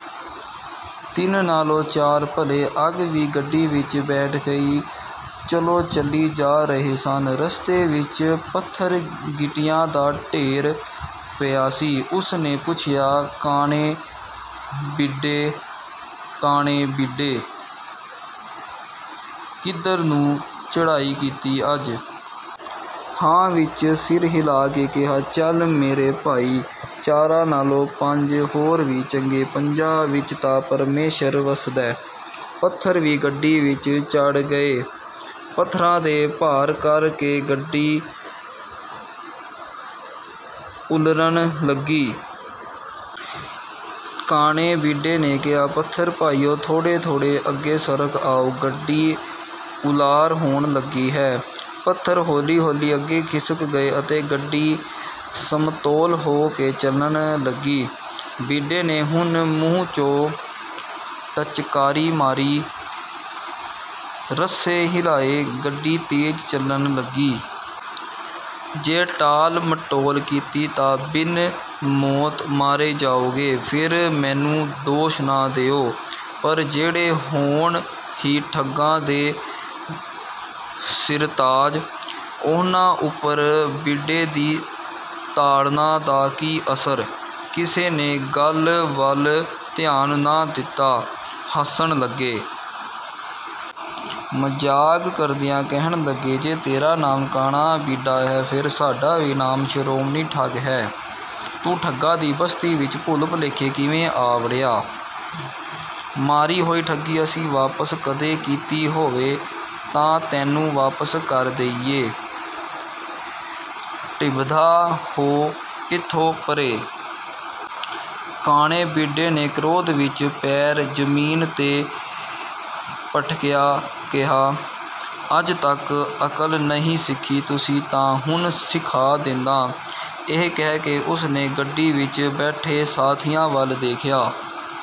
"ਤਿੰਨ ਨਾਲੋਂ ਚਾਰ ਭਲੇ," ਅੱਗ ਵੀ ਗੱਡੀ ਵਿੱਚ ਬੈਠ ਗਈ। ਚਲੋ-ਚਲੀ ਜਾ ਰਹੇ ਸਨ, ਰਸਤੇ ਵਿੱਚ ਪੱਥਰ-ਗੀਟਿਆਂ ਦਾ ਢੇਰ ਪਿਆ ਸੀ। ਉਸ ਨੇ ਪੁੱਛਿਆ, "ਕਾਣੇ ਬੀੱਡੇ, ਕਾਣੇ ਬੀੱਡੇ! ਕਿੱਧਰ ਨੂੰ ਚੜ੍ਹਾਈ ਕੀਤੀ ਅੱਜ?" ਹਾਂ ਵਿੱਚ ਸਿਰ ਹਿਲਾ ਕੇ ਕਿਹਾ, "ਚੱਲ ਮੇਰੇ ਭਾਈ, ਚਾਰਾਂ ਨਾਲੋਂ ਪੰਜ ਹੋਰ ਵੀ ਚੰਗੇ। ਪੰਜਾਂ ਵਿੱਚ ਤਾਂ ਪਰਮੇਸ਼ਰ ਵਸਦੈ।" ਪੱਥਰ ਵੀ ਗੱਡੀ ਵਿੱਚ ਚੜ੍ਹ ਗਏ। ਪੱਥਰਾਂ ਦੇ ਭਾਰ ਕਰਕੇ ਗੱਡੀ ਉਲਰਨ ਲੱਗੀ। ਕਾਣੇ ਬੀੱਡੇ ਨੇ ਕਿਹਾ, "ਪੱਥਰ ਭਾਈਓ, ਥੋੜ੍ਹੇ-ਥੋੜ੍ਹੇ ਅੱਗੇ ਸਰਕ ਆਓ, ਗੱਡੀ ਉਲਾਰ ਹੋਣ ਲੱਗੀ ਹੈ।" ਪੱਥਰ ਹੌਲੀ-ਹੌਲੀ ਅੱਗੇ ਖਿਸਕ ਗਏ ਅਤੇ ਗੱਡੀ ਸਮਤੋਲ ਹੋ ਕੇ ਚੱਲਣ ਲੱਗੀ। ਬੀੱਡੇ ਨੇ ਹੁਣ ਮੂੰਹ 'ਚੋਂ ਟਚਕਾਰੀ ਮਾਰੀ, ਰੱਸੇ ਹਿਲਾਏ, ਗੱਡੀ ਤੇਜ਼ ਚੱਲਣ ਲੱਗੀ। ਜੇ ਟਾਲਮਟੋਲ ਕੀਤੀ ਤਾਂ ਬਿਨ ਮੌਤ ਮਾਰੇ ਜਾਓਗੇ, ਫਿਰ ਮੈਨੂੰ ਦੋਸ਼ ਨਾ ਦੇਇਓ!" ਪਰ ਜਿਹੜੇ ਹੋਣ ਹੀ ਠੱਗਾਂ ਦੇ ਸਿਰਤਾਜ, ਉਹਨਾਂ ਉੱਪਰ ਬੀੱਡੇ ਦੀ ਤਾੜਨਾ ਦਾ ਕੀ ਅਸਰ? ਕਿਸੇ ਨੇ ਗੱਲ ਵੱਲ ਧਿਆਨ ਨਾ ਦਿੱਤਾ, ਹੱਸਣ ਲੱਗੇ। ਮਜ਼ਾਕ ਕਰਦਿਆਂ ਕਹਿਣ ਲੱਗੇ, "ਜੇ ਤੇਰਾ ਨਾਮ ਕਾਣਾ ਬੀੱਡਾ ਹੈ, ਫਿਰ ਸਾਡਾ ਵੀ ਨਾਮ ਸ਼੍ਰੋਮਣੀ ਠੱਗ ਹੈ! ਤੂੰ ਠੱਗਾਂ ਦੀ ਬਸਤੀ ਵਿੱਚ ਭੁੱਲ-ਭੁਲੇਖੇ ਕਿਵੇਂ ਆ ਵੜਿਆ? ਮਾਰੀ ਹੋਈ ਠੱਗੀ ਅਸੀਂ ਵਾਪਸ ਕਦੇ ਕੀਤੀ ਹੋਵੇ ਤਾਂ ਤੈਨੂੰ ਵਾਪਸ ਕਰ ਦੇਈਏ, ਟਿਭਦਾ ਹੋ ਇੱਥੋਂ ਪਰ੍ਹੇ!" ਕਾਣੇ ਬੀੱਡੇ ਨੇ ਕ੍ਰੋਧ ਵਿੱਚ ਪੈਰ ਜ਼ਮੀਨ 'ਤੇ ਪਟਕਿਆ, ਕਿਹਾ, "ਅੱਜ ਤੱਕ ਅਕਲ ਨਹੀਂ ਸਿੱਖੀ ਤੁਸੀਂ ਤਾਂ ਹੁਣ ਸਿਖਾ ਦਿੰਨਾ।" ਇਹ ਕਹਿ ਕੇ ਉਸ ਨੇ ਗੱਡੀ ਵਿੱਚ ਬੈਠੇ ਸਾਥੀਆਂ ਵੱਲ ਦੇਖਿਆ।